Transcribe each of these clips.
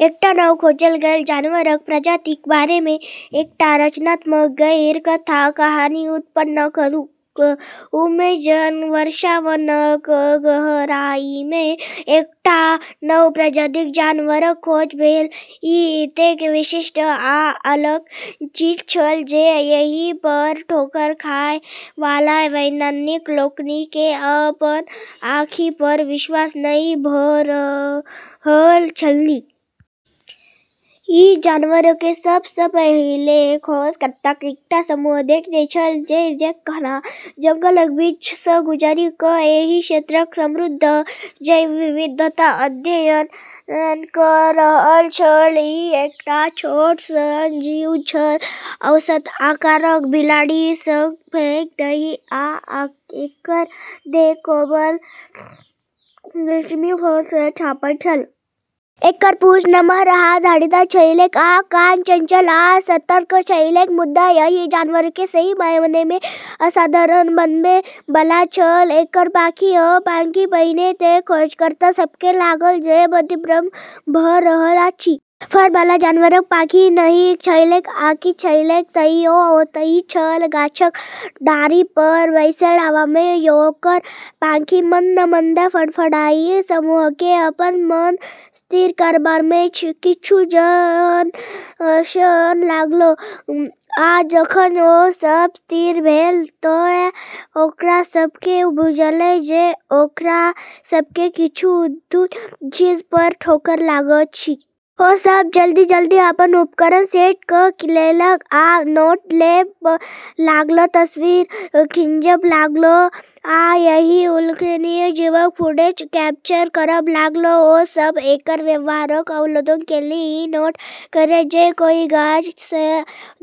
एकटा नव खोजल गेल जानवरक प्रजातिक बारेमे एकटा रचनात्मक गैर-कथा कहानी उत्पन्न करू। अमेजन वर्षावनक गहराईमे एकटा नव प्रजातिक जानवरक खोज भेल। ई एतेक विशिष्ट आ अलग चीज छल, जे एहि पर ठोकर खाय वाला वैज्ञानिक लोकनि केँ अपन आँखि पर विश्वास नहि भ’ रहल छलनि। ई जानवरकेँ सभ सँ पहिले खोजकर्ताक एकटा समूह देखने छल जे घना जंगलक बीच सँ गुजरि क’ एहि क्षेत्रक समृद्ध जैव विविधताक अध्ययन क’ रहल छल। ई एकटा छोट सन जीव छल, औसत आकारक बिलाड़ि सँ पैघ नहि, आ एकर देह कोमल, रेशमी फर सँ झाँपल छल। एकर पूँछ नमहर आ झाड़ीदार छलैक आ कान चंचल आ सतर्क छलैक। मुदा एहि जानवरकेँ सही मायनेमे असाधारण बनबै बला छल एकर पाँखि। हँ, पाँखि! पहिने तँ खोजकर्ता सभकेँ लागल जे मतिभ्रम भ’ रहल अछि। फर बला जानवरक पाँखि नहि छलैक, आकि छलैक? तइयो ओतहि छल, गाछक डारि पर बैसल, हवामे ओकर पाँखि मंद-मंद फड़फड़ाइत। समूहकेँ अपन मन स्थिर करबामे किछु क्षण लागल, आ जखन ओ सभ स्थिर भेल तँ ओकरा सभकेँ बुझायल जे ओकरा सभकेँ किछु अद्भुत चीज पर ठोकर लागल अछि। ओ सभ जल्दी-जल्दी अपन उपकरण सेट क’ लेलक, आ नोट लेब’ लागल, तस्वीर खींचब’ लागल, आ एहि उल्लेखनीय जीवक फुटेज कैप्चर करब’ लागल। ओ सभ एकर व्यवहारक अवलोकन केलनि, ई नोट करैत जे ई कोना गाछ सँ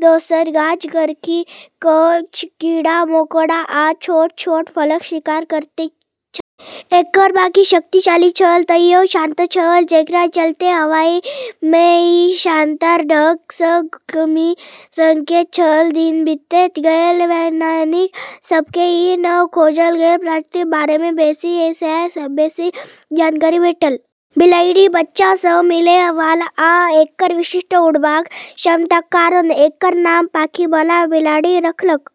दोसर गाछ सरकि क’ कीड़ा-मकोड़ा आ छोट-छोट फलक शिकार करैत छल। एकर पाँखि शक्तिशाली छल, तइयो शांत छल, जेकरा चलते हवामे ई शानदार ढंग सँ घूमि सकैत छल। दिन बीतैत गेल, वैज्ञानिक सभकेँ ई नव खोजल गेल प्रजातिक बारेमे बेसी सँ बेसी जानकारी भेटल। बिलाड़िक बच्चा सँ मिलै वाला आ एकर विशिष्ट उड़बाक क्षमताक कारण एकर नाम "पाँखि बला बिलाड़ि" रखलक।